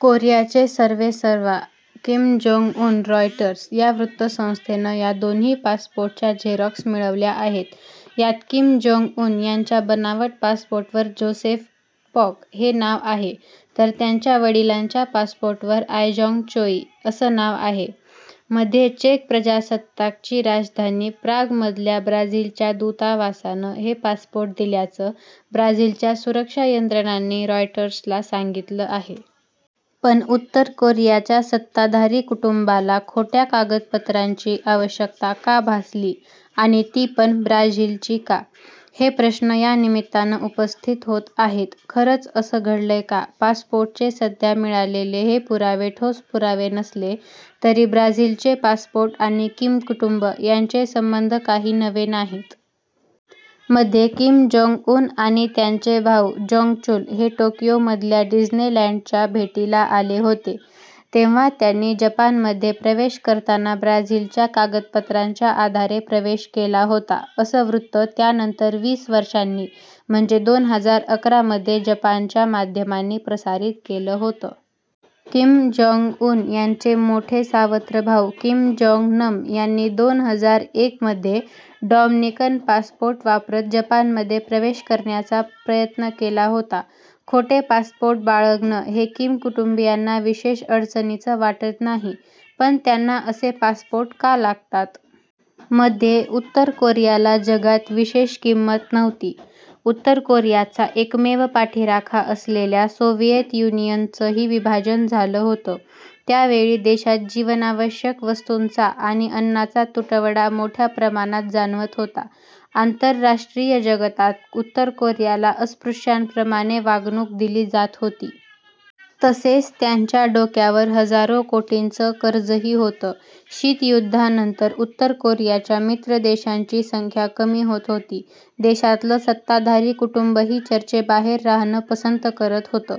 कोरियाचे सर्वेसर्वा Kim Jong Un Reuters या वृत्तसंस्थेनं या दोन्ही पासपोर्टच्या झेरॉक्स मिळवल्या आहेत. यात किम-जोंग-उन यांच्या बनावट पासपोर्टवर 'जोसेफ पॉग' हे नाव आहे. तर, त्यांच्या वडिलांच्या पासपोर्टवर 'आयजोंग चोई' असं नाव आहे. मध्ये चेक प्रजासत्ताकची राजधानी प्रागमधल्या ब्राझीलच्या दूतावासानं हे पासपोर्ट दिल्याचं ब्राझीलच्या सुरक्षा यंत्रणांनी रॉयटर्सला सांगितलं आहे. पण, उत्तर कोरियाच्या सत्ताधारी कुटुंबाला खोट्या कागदपत्रांची आवश्यकता का भासली आणि ती पण, ब्राझीलची का? हे प्रश्न यानिमित्तानं उपस्थित होत आहेत. खरंच असं घडलंय का? पासपोर्टचे सध्या मिळालेले हे पुरावे ठोस पुरावे नसले तरी, ब्राझीलचे पासपोर्ट आणि किम कुटुंब यांचे संबंध काही नवे नाहीत. मध्ये किम-जोंग-उन आणि त्यांचे भाऊ जोंग-चुल हे टोकियोमधल्या डिस्नेलँडच्या भेटीला आले होते. तेव्हा त्यांनी जपानमध्ये प्रवेश करताना ब्राझीलच्या कागदपत्रांच्या आधारे प्रवेश केला होता असं वृत्त त्यानंतर वीस वर्षांनी म्हणजे दोन हजार अकरा मध्ये जपानच्या माध्यमांनी प्रसारीत केलं होतं. किम-जोंग-उन यांचे मोठे सावत्र भाऊ किम-जोंग-नम यांनी दोन हजार एक मध्ये डॉमनिकन पासपोर्ट वापरत जपानमध्ये प्रवेश करण्याचा प्रयत्न केला होता. खोटे पासपोर्ट बाळगणं हे किम कुटुंबीयांना विशेष अडचणीचं वाटत नाही. पण, त्यांना असे पासपोर्ट का लागतात? मध्ये उत्तर कोरियाला जगात विशेष किंमत नव्हती. उत्तर कोरियाचा एकमेव पाठीराखा असलेल्या सोव्हिएत युनियनचंही विभाजन झालं होतं. त्यावेळी देशात जीवनावश्यक वस्तूंचा आणि अन्नाचा तुटवडा मोठ्या प्रमाणात जाणवत होता. आंतरराष्ट्रीय जगतात उत्तर कोरियाला अस्पृश्यांप्रमाणे वागणूक दिली जात होती. तसंच, त्यांच्या डोक्यावर हजारो कोटींचं कर्जही होतं. शीत युद्धानंतर उत्तर कोरियाच्या मित्र देशांची संख्या कमी होत होती. देशातलं सत्ताधारी कुटुंबही चर्चेबाहेर राहणं पसंत करत होतं.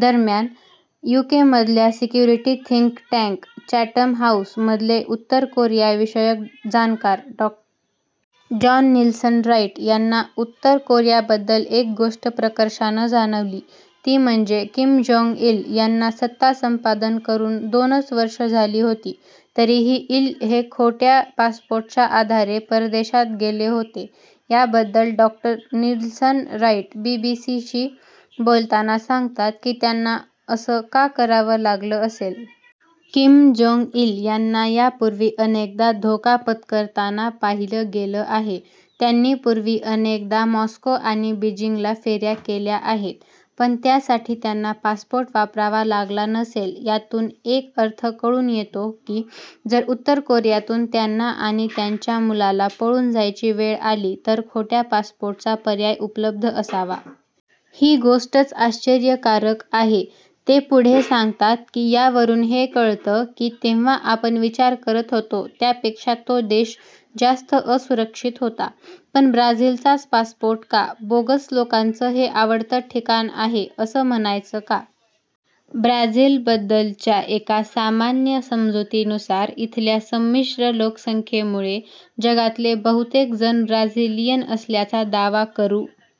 दरम्यान, यूकेमधल्या सिक्युरिटी थिंक टँक 'चॅटम हाऊस'मधले उत्तर कोरियाविषयक जाणकार डॉ. जॉन निल्सन-राईट यांना उत्तर कोरियाबद्दल एक गोष्ट प्रकर्षानं जाणवली. ती म्हणजे, किम-जोंग-इल यांना सत्ता संपादन करून दोनच वर्षं झाली होती. तरीही इल हे खोट्या पासपोर्टच्या आधारे परदेशात गेले होते. याबद्दल डॉ. निल्सन-राईट बीबीसीशी बोलताना सांगतात की त्यांना असं का करावं लागलं असेल? किम-जोंग-इल यांना यापूर्वी अनेकदा धोका पत्करताना पाहिलं गेलं आहे. त्यांनी पूर्वी अनेकदा मॉस्को आणि बिजिंगला फेऱ्या केल्या आहेत. पण त्यासाठी त्यांना पासपोर्ट वापरावा लागला नसेल. यातून एक अर्थ कळून येतो की, जर उत्तर कोरियातून त्यांना आणि त्यांच्या मुलाला पळून जायची वेळ आली तर खोट्या पासपोर्टचा पर्याय उपलब्ध असावा. ही गोष्टच आश्चर्यकारक आहे. ते पुढे सांगतात की, यावरून हे कळतं की, तेव्हा आपण विचार करत होतो त्यापेक्षा तो देश जास्त असुरक्षित होता. पण ब्राझीलचाच पासपोर्ट का? बोगस लोकांचं हे आवडतं ठिकाण आहे असं म्हणायचं का? ब्राझीलबद्दलच्या एका सामान्य समजुतीनुसार, इथल्या संमिश्र लोकसंख्येमुळे जगातले बहुतेक जण ब्राझिलियन असल्याचा दावा करू